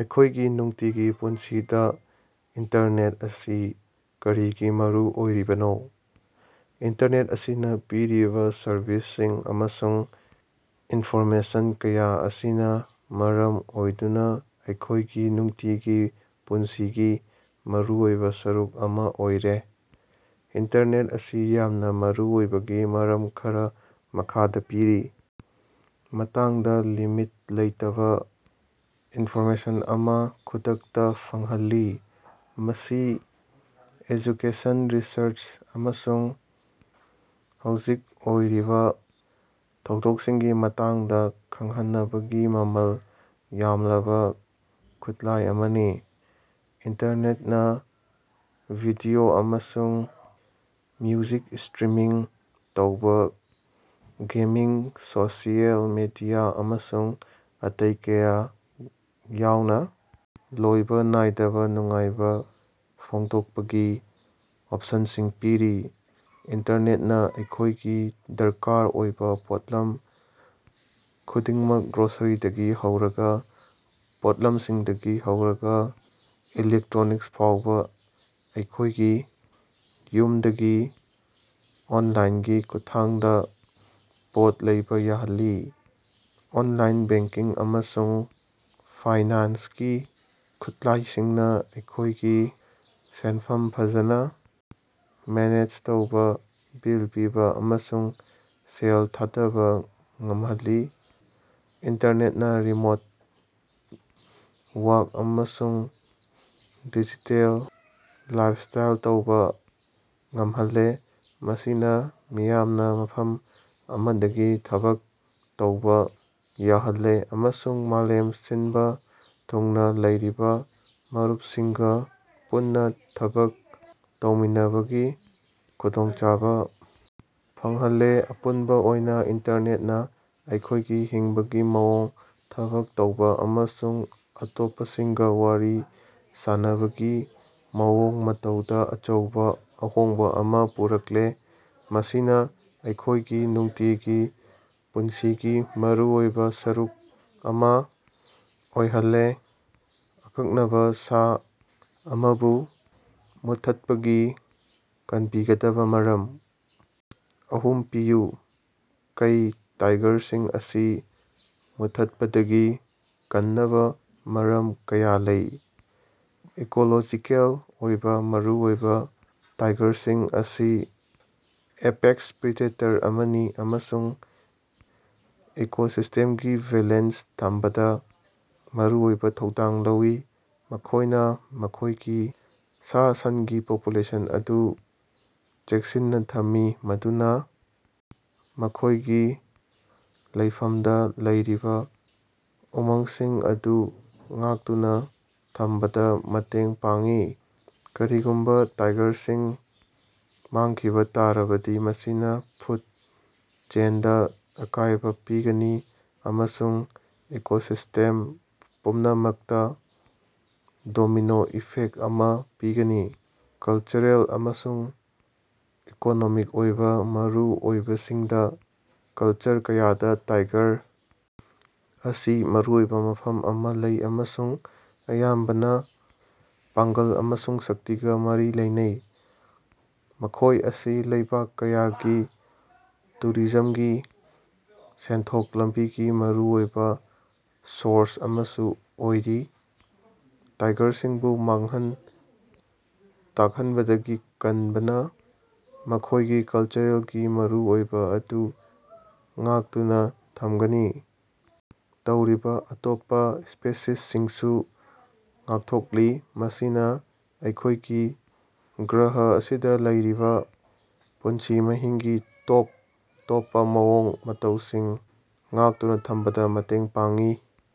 ꯑꯩꯈꯣꯏꯒꯤ ꯅꯨꯡꯇꯤꯒꯤ ꯄꯨꯟꯁꯤꯗꯥ ꯏꯟꯇꯔꯅꯦꯠ ꯑꯁꯤ ꯀꯔꯤꯒꯤ ꯃꯔꯨ ꯑꯣꯏꯔꯤꯕꯅꯣ? ꯏꯟꯇꯔꯅꯦꯠ ꯑꯁꯤꯅꯥ ꯄꯤꯔꯤꯕꯥ ꯁꯔꯚꯤꯁꯁꯤꯡ ꯑꯃꯁꯨꯡ ꯏꯟꯐꯣꯔꯃꯦꯁꯟ ꯀꯌꯥ ꯑꯁꯤꯅꯥ ꯃꯔꯝ ꯑꯣꯏꯗꯨꯅꯥ ꯑꯩꯈꯣꯏꯒꯤ ꯅꯨꯡꯇꯤꯒꯤ ꯄꯨꯟꯁꯤꯒꯤ ꯃꯔꯨꯑꯣꯏꯕꯥ ꯁꯔꯨꯛ ꯑꯃꯥ ꯑꯣꯏꯔꯦ꯫ ꯏꯟꯇꯔꯅꯦꯠ ꯑꯁꯤ ꯌꯥꯝꯅꯥ ꯃꯔꯨꯑꯣꯏꯕꯒꯤ ꯃꯔꯝ ꯈꯔꯥ ꯃꯈꯥꯗꯥ ꯄꯤꯔꯤ ꯃꯇꯥꯡꯗꯥ ꯂꯤꯃꯤꯠ ꯂꯩꯇꯕꯥ ꯏꯟꯐꯣꯔꯃꯦꯁꯟ ꯑꯃꯥ ꯈꯨꯗꯛꯇꯥ ꯐꯪꯍꯜꯂꯤ꯫ ꯃꯁꯤ ꯑꯦꯖꯨꯀꯦꯁꯟ, ꯔꯤꯁꯔꯆ ꯑꯃꯁꯨꯡ ꯍꯧꯖꯤꯛ ꯑꯣꯏꯔꯤꯕꯥ ꯊꯧꯗꯣꯛꯁꯤꯡꯒꯤ ꯃꯇꯥꯡꯗꯥ ꯈꯪꯍꯟꯅꯕꯒꯤ ꯃꯃꯜ ꯌꯥꯝꯂꯕꯥ ꯈꯨꯠꯂꯥꯏ ꯑꯃꯅꯤ꯫ ꯏꯟꯇꯔꯅꯦꯠꯅꯥ ꯚꯤꯗꯤꯑꯣ ꯑꯃꯁꯨꯡ ꯃ꯭ꯌꯨꯖꯤꯛ ꯏꯁꯇ꯭ꯔꯤꯃꯤꯡ ꯇꯧꯕꯥ, ꯒꯦꯃꯤꯡ, ꯁꯣꯁꯤꯑꯦꯜ ꯃꯤꯗꯤꯌꯥ ꯑꯃꯁꯨꯡ ꯑꯇꯩ ꯀꯌꯥ ꯌꯥꯎꯅꯥ ꯂꯣꯏꯕꯥ ꯅꯥꯏꯗꯕꯥ ꯅꯨꯡꯉꯥꯏꯕꯥ ꯐꯣꯡꯗꯣꯛꯄꯒꯤ ꯑꯣꯞꯁꯟꯁꯤꯡ ꯄꯤꯔꯤ꯫ ꯏꯟꯇꯔꯅꯦꯠꯅꯥ ꯑꯩꯈꯣꯏꯒꯤ ꯗꯔꯀꯥꯔ ꯑꯣꯏꯕꯥ ꯄꯣꯠꯂꯝ ꯈꯨꯗꯤꯡꯃꯛ, ꯒ꯭ꯔꯣꯁꯔꯤꯗꯒꯤ ꯍꯧꯔꯒꯥ ꯄꯣꯠꯂꯝꯁꯤꯡꯗꯒꯤ ꯍꯧꯔꯒꯥ ꯏꯂꯦꯛꯇ꯭ꯔꯣꯅꯤꯛꯁ ꯐꯥꯎꯕꯥ, ꯑꯩꯈꯣꯏꯒꯤ ꯌꯨꯝꯗꯒꯤ ꯑꯣꯟꯂꯥꯏꯟꯒꯤ ꯈꯨꯊꯥꯡꯗ ꯄꯣꯠ ꯂꯩꯕꯥ ꯌꯥꯍꯜꯂꯤ꯫ ꯑꯣꯟꯂꯥꯏꯟ ꯕꯦꯡꯀꯤꯡ ꯑꯃꯁꯨꯡ ꯐꯥꯏꯅꯥꯟꯁꯀꯤ ꯈꯨꯠꯂꯥꯏꯁꯤꯡꯅꯥ ꯑꯩꯈꯣꯏꯒꯤ ꯁꯦꯟꯐꯝ ꯐꯖꯅꯥ ꯃꯦꯅꯦꯖ ꯇꯧꯕꯥ, ꯕꯤꯜ ꯄꯤꯕꯥ ꯑꯃꯁꯨꯡ ꯁꯦꯜ ꯊꯥꯗꯕꯥ ꯉꯝꯍꯜꯂꯤ꯫ ꯏꯟꯇꯔꯅꯦꯠꯅꯥ ꯔꯤꯃꯣꯠ ꯋꯥꯛ ꯑꯃꯁꯨꯡ ꯗꯤꯖꯤꯇꯦꯜ ꯂꯥꯏꯞꯁ꯭ꯇꯥꯏꯜ ꯇꯧꯕꯥ ꯉꯝꯍꯜꯂꯦ, ꯃꯁꯤꯅꯥ ꯃꯤꯌꯥꯝꯅꯥ ꯃꯐꯝ ꯑꯃꯗꯒꯤ ꯊꯕꯛ ꯇꯧꯕꯥ ꯌꯥꯍꯜꯂꯦ ꯑꯃꯁꯨꯡ ꯃꯥꯂꯦꯝ ꯁꯤꯟꯕꯥ ꯊꯨꯡꯅꯥ ꯂꯩꯔꯤꯕꯥ ꯃꯔꯨꯞꯁꯤꯡꯒꯥ ꯄꯨꯟꯅꯥ ꯊꯕꯛ ꯇꯧꯃꯤꯟꯅꯕꯒꯤ ꯈꯨꯗꯣꯡꯆꯥꯕꯥ ꯐꯪꯍꯜꯂꯦ꯫ ꯑꯄꯨꯟꯕꯥ ꯑꯣꯏꯅꯥ ꯏꯟꯇꯔꯅꯦꯠꯅꯥ ꯑꯩꯈꯣꯏꯒꯤ ꯍꯤꯡꯕꯒꯤ ꯃꯑꯣꯡ, ꯊꯕꯛ ꯇꯧꯕꯥ ꯑꯃꯁꯨꯡ ꯑꯇꯣꯞꯄꯁꯤꯡꯒꯥ ꯋꯥꯔꯤ ꯁꯥꯅꯕꯒꯤ ꯃꯑꯣꯡ ꯃꯇꯧꯗꯥ ꯑꯆꯧꯕꯥ ꯑꯍꯣꯡꯕꯥ ꯑꯃꯥ ꯄꯨꯔꯛꯂꯦ, ꯃꯁꯤꯅꯥ ꯑꯩꯈꯣꯏꯒꯤ ꯅꯨꯡꯇꯤꯒꯤ ꯄꯨꯟꯁꯤꯒꯤ ꯃꯔꯨꯑꯣꯏꯕꯥ ꯁꯔꯨꯛ ꯑꯃꯥ ꯑꯣꯏꯍꯜꯂꯦ꯫ ꯑꯀꯛꯅꯕꯥ ꯁꯥ ꯑꯃꯕꯨ ꯃꯨꯠꯊꯠꯄꯒꯤ ꯀꯟꯕꯤꯒꯗꯕꯥ ꯃꯔꯝ ꯑꯍꯨꯝ ꯄꯤꯌꯨ꯫ ꯀꯩ ꯇꯥꯏꯒꯔꯁꯤꯡ ꯑꯁꯤ ꯃꯨꯠꯊꯠꯄꯗꯒꯤ ꯀꯟꯅꯕꯥ ꯃꯔꯝ ꯀꯌꯥ ꯂꯩ꯫ ꯏꯀꯣꯂꯣꯖꯤꯀꯦꯜ ꯑꯣꯏꯕꯥ ꯃꯔꯨꯑꯣꯏꯕꯥ ꯇꯥꯏꯒꯔꯁꯤꯡ ꯑꯁꯤ ꯑꯦꯄꯦꯛꯁ ꯄ꯭ꯔꯤꯗꯦꯇꯔ ꯑꯃꯅꯤ ꯑꯃꯁꯨꯡ ꯏꯀꯣꯁꯤꯁꯇꯦꯝꯒꯤ ꯕꯦꯂꯦꯟꯁ ꯊꯝꯕꯗꯥ ꯃꯔꯨꯑꯣꯏꯕꯥ ꯊꯧꯗꯥꯡ ꯂꯧꯏ꯫ ꯃꯈꯣꯏꯅꯥ ꯃꯈꯣꯏꯒꯤ ꯁꯥ-ꯁꯟꯒꯤ ꯄꯣꯄꯨꯂꯦꯁꯟ ꯑꯗꯨ ꯆꯦꯛꯁꯤꯟꯅꯥ ꯊꯝꯃꯤ ꯃꯗꯨꯅꯥ ꯃꯈꯣꯏꯒꯤ ꯂꯩꯐꯝꯗꯥ ꯂꯩꯔꯤꯕꯥ ꯎꯃꯪꯁꯤꯡ ꯑꯗꯨ ꯉꯥꯛꯇꯨꯅꯥ ꯊꯝꯕꯗꯥ ꯃꯇꯦꯡ ꯄꯥꯡꯏ꯫ ꯀꯔꯤꯒꯨꯝꯕꯥ ꯇꯥꯏꯒꯔꯁꯤꯡ ꯃꯥꯡꯈꯤꯕꯥ ꯇꯥꯔꯕꯗꯤ ꯃꯁꯤꯅꯥ ꯐꯨꯠ ꯆꯦꯟꯗꯥ ꯑꯀꯥꯏꯕꯥ ꯄꯤꯒꯅꯤ ꯑꯃꯁꯨꯡ ꯏꯀꯣꯁꯤꯁ꯭ꯇꯦꯝ ꯄꯨꯝꯅꯃꯛꯇꯥ ꯗꯣꯃꯤꯅꯣ ꯏꯐꯦꯛ ꯑꯃꯥ ꯄꯤꯒꯅꯤ꯫ ꯀꯜꯆꯔꯦꯜ ꯑꯃꯁꯨꯡ ꯏꯀꯣꯅꯣꯃꯤꯛ ꯑꯣꯏꯕꯥ ꯃꯔꯨꯑꯣꯏꯕꯁꯤꯡꯗ ꯀꯜꯆꯔ ꯀꯌꯥꯗꯥ ꯇꯥꯏꯒꯔ ꯑꯁꯤ ꯃꯔꯨꯑꯣꯏꯕꯥ ꯃꯐꯝ ꯑꯃꯥ ꯂꯩ ꯑꯃꯁꯨꯡ ꯑꯌꯥꯝꯕꯅꯥ ꯄꯥꯡꯒꯜ ꯑꯃꯁꯨꯡ ꯁꯛꯇꯤꯒꯥ ꯃꯔꯤ ꯂꯩꯅꯩ꯫ ꯃꯈꯣꯏ ꯑꯁꯤ ꯂꯩꯕꯥꯛ ꯀꯌꯥꯒꯤ ꯇꯨꯔꯤꯖꯝꯒꯤ ꯁꯦꯟꯊꯣꯛ ꯂꯝꯕꯤꯒꯤ ꯃꯔꯨꯑꯣꯏꯕꯥ ꯁꯣꯔꯁ ꯑꯃꯁꯨ ꯑꯣꯏꯔꯤ꯫ ꯇꯥꯏꯒꯔꯁꯤꯡꯕꯨ ꯃꯥꯡꯍꯟ ꯇꯥꯛꯍꯟꯕꯗꯒꯤ ꯀꯟꯕꯅꯥ ꯃꯈꯣꯏꯒꯤ ꯀꯜꯆꯔꯦꯜꯒꯤ ꯃꯔꯨꯑꯣꯏꯕꯥ ꯑꯗꯨ ꯉꯥꯛꯇꯨꯅꯥ ꯊꯝꯒꯅꯤ ꯇꯧꯔꯤꯕꯥ ꯑꯇꯣꯞꯄꯥ ꯁ꯭ꯄꯤꯁꯤꯁꯁꯤꯡꯁꯨ ꯉꯥꯛꯊꯣꯛꯂꯤ꯫ ꯃꯁꯤꯅꯥ ꯑꯩꯈꯣꯏꯒꯤ ꯒ꯭ꯔꯍ ꯑꯁꯤꯗꯥ ꯂꯩꯔꯤꯕꯥ ꯄꯨꯟꯁꯤ ꯃꯍꯤꯡꯒꯤ ꯇꯣꯞ ꯇꯣꯞꯄꯥ ꯃꯑꯣꯡ ꯃꯇꯧꯁꯤꯡ ꯉꯥꯛꯇꯨꯅꯥ ꯊꯝꯕꯗꯥ ꯃꯇꯦꯡ ꯄꯥꯡꯏ꯫